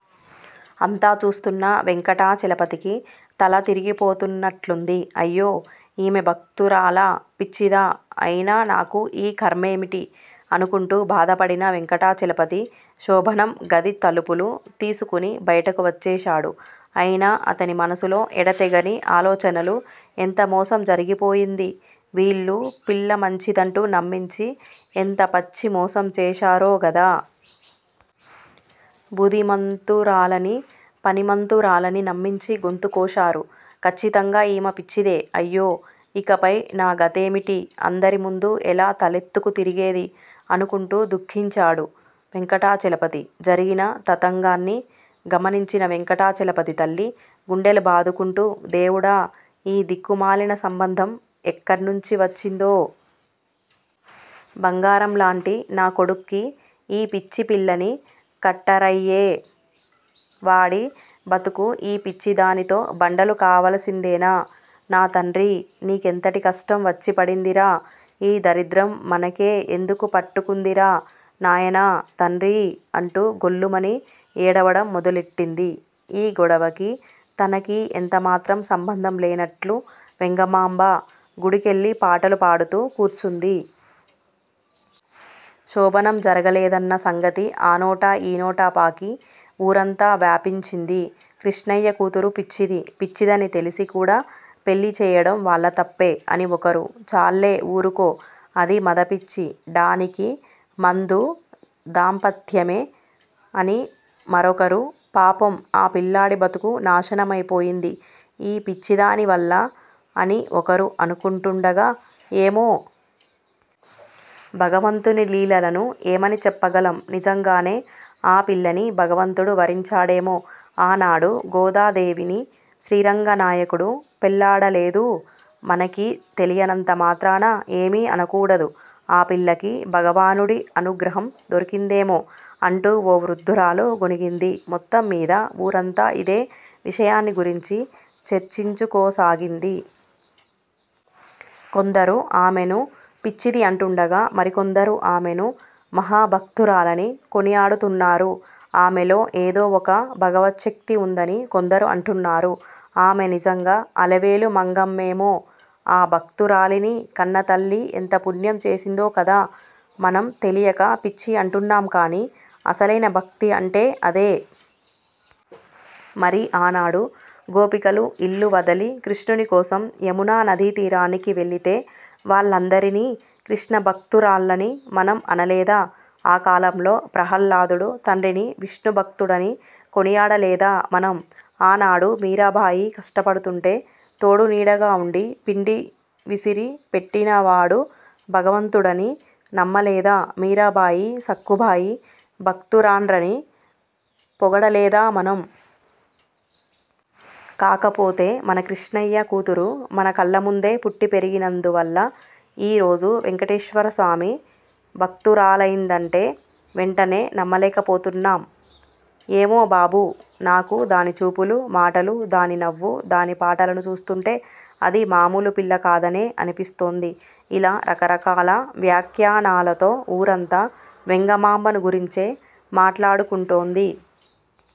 అంతా చూస్తున్న వెంకటాచలపతికి తల తిరిగిపోతున్నట్లుంది. అయ్యో! ఈమె భక్తురాలా? పిచ్చిదా? అయినా నాకు ఈ ఖర్మేమిటి? అనుకుంటూ బాధపడిన వెంకటాచలపతి శోభనం గది తలుపులు తీసుకుని బయటకు వచ్చేశాడు. అయినా అతని మనసులో ఎడతెగని ఆలోచనలు ఎంత మోసం జరిగిపోయింది! వీళ్ళు పిల్ల మంచిదంటూ నమ్మించి, ఎంత పచ్చి మోసం చేశారో గదా! బుదిమంతురాలని, పని మంతురాలని నమ్మించి గొంతు కోశారు. ఖచ్చితంగా ఈమె పిచ్చిదే. అయ్యో! ఇకపై నా గతేమిటి అందరి ముందు ఎలా తలెత్తుకు తిరిగేది? అనుకుంటూ దుఃఖించాడు వెంకటాచలపతి. జరిగిన తతంగాన్ని గమనించిన వెంకటాచలపతి తల్లి గుండెలు బాదుకుంటూ, దేవుడా! ఈ దిక్కుమాలిన సంబంధం ఎక్కడ్నుంచి వచ్చిందో? బంగారం లాంటి నా కొడుక్కి ఈ పిచ్చి పిల్లని కట్టరయ్యే! వాడి బతుకు ఈ పిచ్చిదానితో బండలు కావలసిందేనా? నా తండ్రీ, నీకెంతటి కష్టం వచ్చి పడిందిరా? ఈ దరిద్రం మనకే ఎందుకు పట్టుకుందిరా. నాయనా! తండ్రీ!! అంటూ గొల్లుమని ఏడవడం మొదలెట్టింది. ఈ గొడవకీ, తనకీ ఎంత మాత్రం సంబంధం లేనట్లు వెంగమాంబ, గుడికెళ్ళి పాటలు పాడుతూ కూర్చుంది. శోభనం జరగలేదన్న సంగతి ఆ నోటా, ఈ నోటా పాకి, ఊరంతా వ్యాపించింది. కృష్ణయ్య కూతురు పిచ్చిది, పిచ్చిదని తెలిసి కూడా పెళ్ళి చేయడం వాళ్ళ తప్పే అని ఒకరు, చాల్లే ఊరుకో. అది మదపిచ్చి. డానికి మందు దాంపత్యమే అని మరొకరూ, పాపం, ఆ పిల్లాడి బతుకు నాశనమపోయింది, ఈ పిచ్చిదాని వల్ల అని ఒకరు అనుకొంటుండగా, ఏమో! భగవంతుని లీలలను ఏమని చెప్పగలం? నిజంగానే ఆ పిల్లని భగవంతుడు వరించాడేమో! ఆనాడు గోదాదేవిని శ్రీరంగనాయకుడు పెళ్ళాడలేదూ! మనకి తెలియనంత మాత్రాన ఏమీ అనకూడదు. ఆ పిల్లకి భగవానుడి అనుగ్రహం దొరికిందేమో! అంటూ ఓ వృద్దురాలు గొణిగింది. మొత్తంమీద ఊరంతా ఇదే విషయాన్ని గురించి చర్చించుకోసాగింది. కొందరు ఆమెను పిచ్చిది అంటుండగా, మరికొందరు ఆమెను మహాభక్తురాలని కొనియాడుతున్నారు. ఆమెలో ఏదో ఒక భగవచ్ఛక్తి ఉందని కొందరు అంటున్నారు. ఆమె నిజంగా అలమేలు మంగమ్మేమో! ఆ భక్తురాలీని కన్నతల్లి ఎంత పుణ్యం చేసిందో కదా! మనం తెలియక పిచ్చి అంటున్నాంకానీ, అసలైన భక్తి అంటే అదే! మరి ఆనాడు, గోపికలు ఇల్లు వదలి కృష్ణుని కోసం యమునా నదీతీరానికి వెళ్ళితే, వాళ్ళందరినీ కృష్ణ భక్తురాళ్ళని మనం అనలేదా? ఆ కాలంలో ప్రహ్లాదుడు తండ్రిని విష్ణుభక్తుడని కొనియాడలేదా మనం? ఆనాడు మీరాబాయి కష్టపడుతుంటే, తోడునీడగా ఉండి, పిండి విసిరి పెట్టినవాడు భగవంతుడని నమ్మలేదా? మీరాబాయి, సక్కుబాయి భక్తురాండ్రని పొగడలేదా మనం? కాకపొతే, మన కిష్ణయ్య కూతురు మన కళ్ళముందే పుట్టి పెరిగినందువల్ల, ఈ రోజు వెంకటేశ్వరస్వామి భక్తురాలైందంటే, వెంటెనే నమ్మలేకపోతున్నాం. ఏమో బాబూ! నాకు దాని చూపులు, మాటలు, దాని నవ్వు, దాని పాటలను చూస్తుంటే, అది మామూలు పిల్ల కాదనే అనిపిస్తోంది. ఇలా రకరకాల వ్యాఖ్యానాలతో ఊరంతా వెంగమాంబను గురించే మాట్లాడుకుంటోంది.